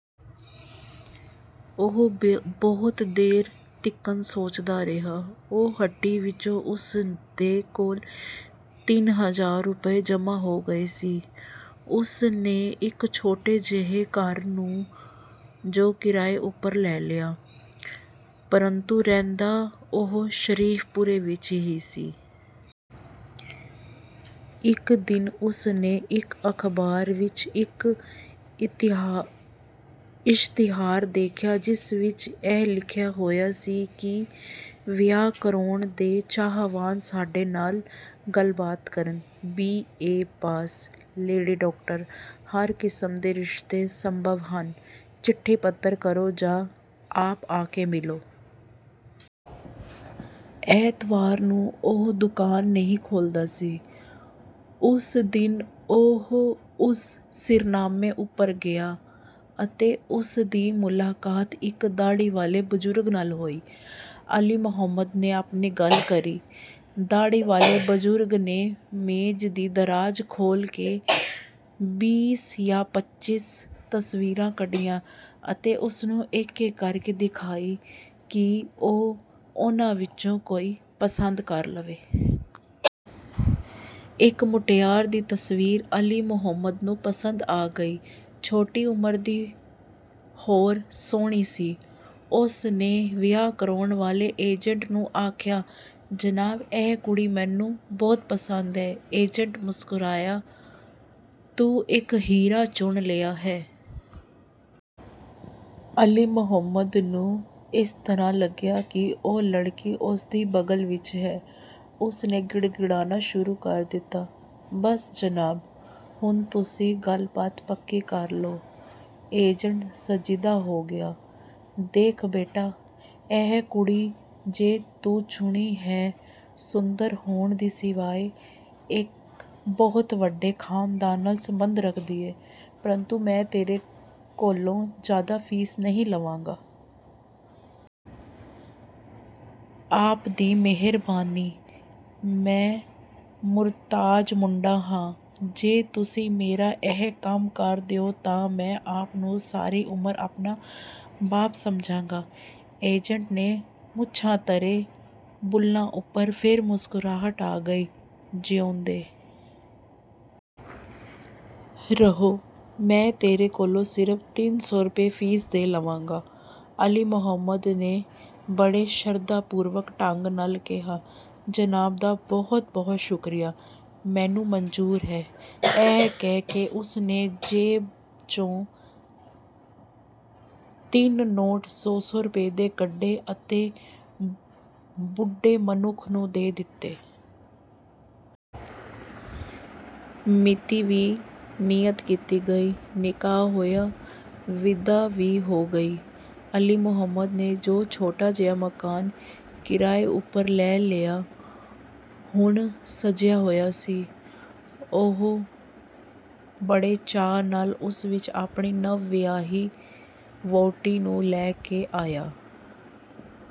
ਉਹ ਬਹੁਤ ਦੇਰ ਤੀਕਰ ਸੋਚਦਾ ਰਿਹਾ। ਉਸ ਹੱਟੀ ਵਿਚੋਂ ਉਸ ਦੇ ਕੋਲ ਤਿੰਨ ਹਜ਼ਾਰ ਰੁਪਏ ਜਮ੍ਹਾਂ ਹੋ ਗਏ ਸੀ। ਉਸ ਨੇ ਇਕ ਛੋਟੇ ਜਿਹੇ ਘਰ ਨੂੰ ਜੋ ਕਿਰਾਏ ਉਪਰ ਲੈ ਲਿਆ, ਪਰੰਤੂ ਰਹਿੰਦਾ ਉਹ ਸ਼ਰੀਫ਼ਪੁਰੇ ਵਿੱਚ ਹੀ ਸੀ। ਇਕ ਦਿਨ ਉਸ ਨੇ ਇਕ ਅਖ਼ਬਾਰ ਵਿੱਚ ਇੱਕ ਇਸ਼ਤਿਹਾਰ ਵੇਖਿਆ ਜਿਸ ਵਿੱਚ ਇਹ ਲਿਖਿਆ ਹੋਇਆ ਸੀ ਕਿ ਵਿਆਹ ਕਰਾਉਣ ਦੇ ਚਾਹਵਾਨ ਸਾਡੇ ਨਾਲ ਗੱਲਬਾਤ ਕਰਨ। B. A. Pass, lady doctor, ਹਰ ਕਿਸਮ ਦੇ ਰਿਸ਼ਤੇ ਸੰਭਵ ਹਨ, ਚਿੱਠੀ-ਪੱਤਰ ਕਰੋ ਜਾਂ ਆਪ ਆ ਕੇ ਮਿਲੋ। ਐਤਵਾਰ ਨੂੰ ਉਹ ਦੁਕਾਨ ਨਹੀਂ ਖੋਲ੍ਹਦਾ ਸੀ। ਉਸ ਦਿਨ ਉਹ ਉਸ ਸਿਰਨਾਮੇ ਉਪਰ ਗਿਆ ਅਤੇ ਉਸ ਦੀ ਮੁਲਾਕਾਤ ਇੱਕ ਦਾੜੀ ਵਾਲੇ ਬਜ਼ੁਰਗ ਨਾਲ ਹੋਈ। ਅਲੀ ਮੁਹੰਮਦ ਨੇ ਆਪਣੀ ਗੱਲ ਕਹੀ। ਦਾੜ੍ਹੀ ਵਾਲੇ ਬਜ਼ੁਰਗ ਨੇ ਮੇਜ਼ ਦੀ ਦਰਾਜ ਖੋਲ੍ਹ ਕੇ ਬੀਹ ਜਾਂ ਪੱਚੀ ਤਸਵੀਰਾਂ ਕੱਢੀਆਂ ਅਤੇ ਉਸ ਨੂੰ ਇੱਕ-ਇੱਕ ਕਰ ਕੇ ਦਿਖਾਈ ਕਿ ਉਹ ਉਨ੍ਹਾਂ ਵਿਚੋਂ ਕੋਈ ਪਸੰਦ ਕਰ ਲਵੇ। ਇਕ ਮੁਟਿਆਰ ਦੀ ਤਸਵੀਰ ਅਲੀ ਮੁਹੰਮਦ ਨੂੰ ਪਸੰਦ ਆ ਗਈ। ਛੋਟੀ ਉਮਰ ਦੀ ਹੋਰ ਸੋਹਣੀ ਸੀ। ਉਸ ਨੇ ਵਿਆਹ ਕਰਵਾਉਣ ਵਾਲੇ ਏਜੰਟ ਨੂੰ ਆਖਿਆ: ''ਜਨਾਬ! ਇਹ ਕੁੜੀ ਮੈਨੂੰ ਬਹੁਤ ਪਸੰਦ ਹੈ। '' ਏਜੰਟ ਮੁਸਕਰਾਇਆ,''ਤੂੰ ਇੱਕ ਹੀਰਾ ਚੁਣ ਲਿਆ ਹੈ।'' ਅਲੀ ਮੁਹੰਮਦ ਨੂੰ ਇਸ ਤਰ੍ਹਾਂ ਲਗਿਆ ਕਿ ਉਹ ਲੜਕੀ ਉਸ ਦੀ ਬਗਲ ਵਿੱਚ ਹੈ। ਉਸ ਨੇ ਗਿੜਗਿੜਾਨਾ ਸ਼ੁਰੂ ਕਰ ਦਿੱਤਾ,''ਬਸ ਜਨਾਬ। ਹੁਣ ਤੁਸੀਂਂ ਗੱਲਬਾਤ ਪੱਕੀ ਕਰ ਲਓ। ''ਏਜੰਟ ਸੰਜੀਦਾ ਹੋ ਗਿਆ,''ਦੇਖੋ ਬੇਟਾ। ਇਹ ਕੁੜੀ ਜੋ ਤੂੰ ਚੁਣੀ ਹੈ, ਸੁੰਦਰ ਹੋਣ ਤੋਂ ਸਿਵਾਇ ਇਕ ਬਹੁਤ ਵਡੇ ਖਾਨਦਾਨ ਨਾਲ ਸੰਬੰਧ ਰੱਖਦੀ ਹੈ, ਪਰੰਤੂ ਮੈਂ ਤੇਰੇ ਕੋਲੋਂ ਜ਼ਿਆਦਾ ਫ਼ੀਸ ਨਹੀਂ ਲਵਾਂਗਾ। '' ''ਆਪ ਦੀ ਮਿਹਰਬਾਨੀ। ਮੈਂ ਮੁਹਤਾਜ ਮੁੰਡਾ ਹਾਂ। ਜੋ ਤੁਸੀਂ ਮੇਰਾ ਇਹ ਕੰਮ ਕਰ ਦਿਓ ਤਾਂ ਆਪ ਨੂੰ ਸਾਰੀ ਉਮਰ ਆਪਣਾ ਬਾਪ ਸਮਝਾਂਗਾ। '' ਏਜੰਟ ਦੇ ਮੁੱਛਾਂ ਧਰੇ ਬੁੱਲ੍ਹਾਂ ਉੱਪਰ ਫੇਰ ਮੁਸਕਰਾਹਟ ਆ ਗਈ।,''ਜਿਉਂਦੇ ਰਹੋ, ਮੈਂ ਤੇਰੇ ਕੋਲੋਂ ਸਿਰਫ਼ ਤਿੰਨ ਸੌ ਰੁਪਏ ਫ਼ੀਸ ਦੇ ਲਵਾਂਗਾ। '' ਅਲੀ ਮੁਹੰਮਦ ਨੇ ਬੜੇ ਸ਼ਰਧਾ ਪੂਰਵਕ ਢੰਗ ਨਾਲ ਕਿਹਾ;'ਜਨਾਬ ਦਾ ਬਹੁਤ ਬਹੁਤ ਸ਼ੁਕਰੀਆ, ਮੈਨੂੰ ਮਨਜ਼ੂਰ ਹੈ। '' ਇਹ ਕਹਿ ਕੇ ਉਸ ਨੇ ਜੇਬ 'ਚੋਂ ਤਿੰਨ ਨੋਟ ਸੌ ਸੌ ਰੁਪਏ ਦੇ ਕੱਢੇ ਅਤੇ ਉਸ ਬੁੱਢੇ ਮਨੁੱਖ ਨੂੰ ਦੇ ਦਿੱਤੇ। ਮਿਤੀ ਵੀ ਨੀਯਤ ਕੀਤੀ ਗਈ, ਨਿਕਾਹ ਹੋਇਆ, ਵਿਦਾ ਵੀ ਹੋ ਗਈ। ਅਲੀ ਮੁਹੰਮਦ ਨੇ ਜੋ ਛੋਟਾ ਜਿਹਾ ਮਕਾਨ ਕਿਰਾਏ ਉੱਪਰ ਲੈ ਲਿਆ, ਹੁਣ ਸਜਿਆ ਹੋਇਆ ਸੀ। ਉਹ ਬੜੇ ਚਾਅ ਨਾਲ ਉਸ ਵਿੱਚ ਆਪਣੀ ਨਵ-ਵਿਆਹੀ ਵਹੁਟੀ ਨੂੰ ਲੈ ਕੇ ਆਇਆ।